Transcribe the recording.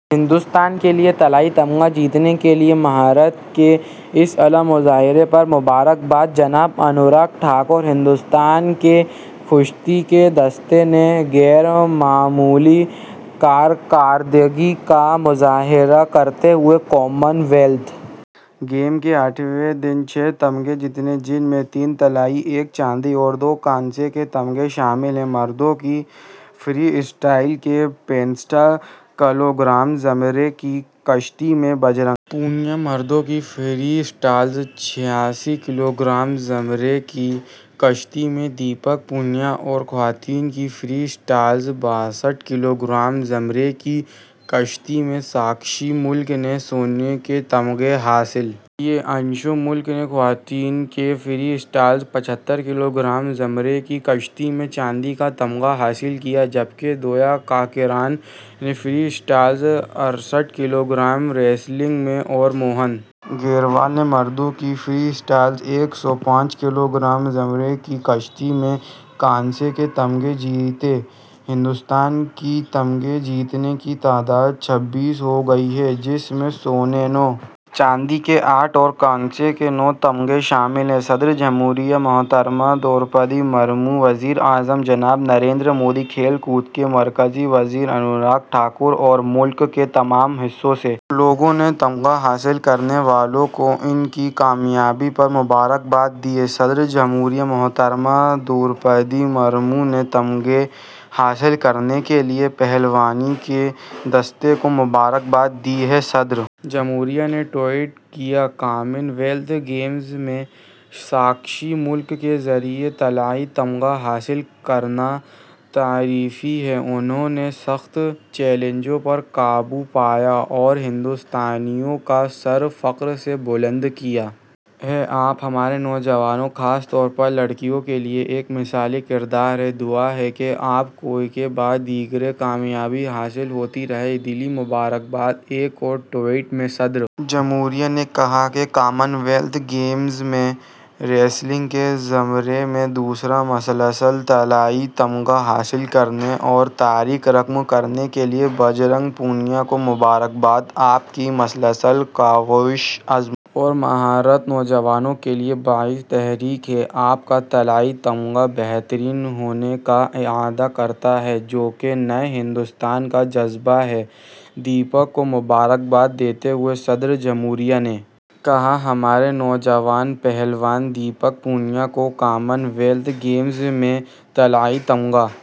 ہندوستان کے لیے طلائی تمغہ جیتنے کے لیے مہارت کے اس اعلی مظاہرے پر مبارکباد جناب انوراگ ٹھاکر ہندوستان کے کشتی کے دستے نے غیر معمولی کارکردگی کا مظاہرہ کرتے ہوئے کامن ویلتھ گیم کے آٹھویں دن چھ تمغے جیتے جن میں تین طلائی ایک چاندی اور دو کانسے کے تمغے شامل ہیں مردوں کی فری اسٹائل کے پینسٹھ کلو گرام زمرے کی کشتی میں بجرنگ پونیا مردوں کی فری اسٹائل چھیاسی کلو گرام زمرے کی کشتی میں دیپک پونیا اور خواتین کی فری اسٹائل باسٹھ کلو گرام زمرے کی کشتی میں ساکشی ملک نے سونے کے تمغے حاصل کیے انشو ملک نے خواتین کے فری اسٹائل پچھتر کلو گرام زمرے کی کشتی میں چاندی کا تمغہ حاصل کیا جبکہ دیویا کاکران نے فری اسٹائل اڑسٹھ کلو گرام ریسلنگ میں اور موہن گریوال نے مردوں کے فری اسٹائل ایک سو پچیس کلو گرام زمرے کی کشتی میں کانسے کے تمغے جیتے ہندوستان کی تمغے جیتنے کی تعداد چھبیس ہو گئی ہے جس میں سونے نو چاندی کے آٹھ اور کانسے کے نو تمغے شامل ہیں صدر جمہوریہ محترمہ دروپدی مرمو وزیر اعظم جناب نریندر مودی کھیل کود کے مرکزی وزیر انوراگ ٹھاکر اور ملک کے تمام حصوں سے لوگوں نے تمغہ حاصل کرنے والوں کو ان کی کامیابی پر مبارکباد دی ہے صدر جمہوریہ محترمہ دروپدی مرمو نے تمغے حاصل کرنے کے لیے پہلوانی کے دستے کو مبارکباد دی ہے صدر جمہوریہ نے ٹوئٹ کیا کامن ویلتھ گیمز میں ساکشی ملک کے ذریعے طلائی تمغہ حاصل کرنا تعریفی ہے انہوں نے سخت چیلنجوں پر قابو پایا اور ہندوستانیوں کا سر فخر سے بلند کیا ہے آپ ہمارے نوجوانوں خاص طور پر لڑکیوں کے لیے ایک مثالی کردار ہیں دعا ہے کہ آپ کو یکے بعد دیگرے کامیابی حاصل ہوتی رہے دلی مبارکباد ایک اور ٹوئٹ میں صدر جمہوریہ نے کہا کہ کامن ویلتھ گیمز میں ریسلنگ کے زمرے میں دوسرا مسلسل طلائی تمغہ حاصل کرنے اور تاریخ رقم کرنے کے لیے بجرنگ پونیا کو مبارکباد آپ کی مسلسل کاوش عزم اور مہارت نوجوانوں کے لیے باعث تحریک ہے آپ کا طلائی تمغہ بہترین ہونے کا اعادہ کرتا ہے جو کہ نئے ہندوستان کا جذبہ ہے دیپک کو مبارکباد دیتے ہوئے صدر جمہوریہ نے کہا ہمارے نوجوان پہلوان دیپک پونیا کو کامن ویلتھ گیمز میں طلائی تمغہ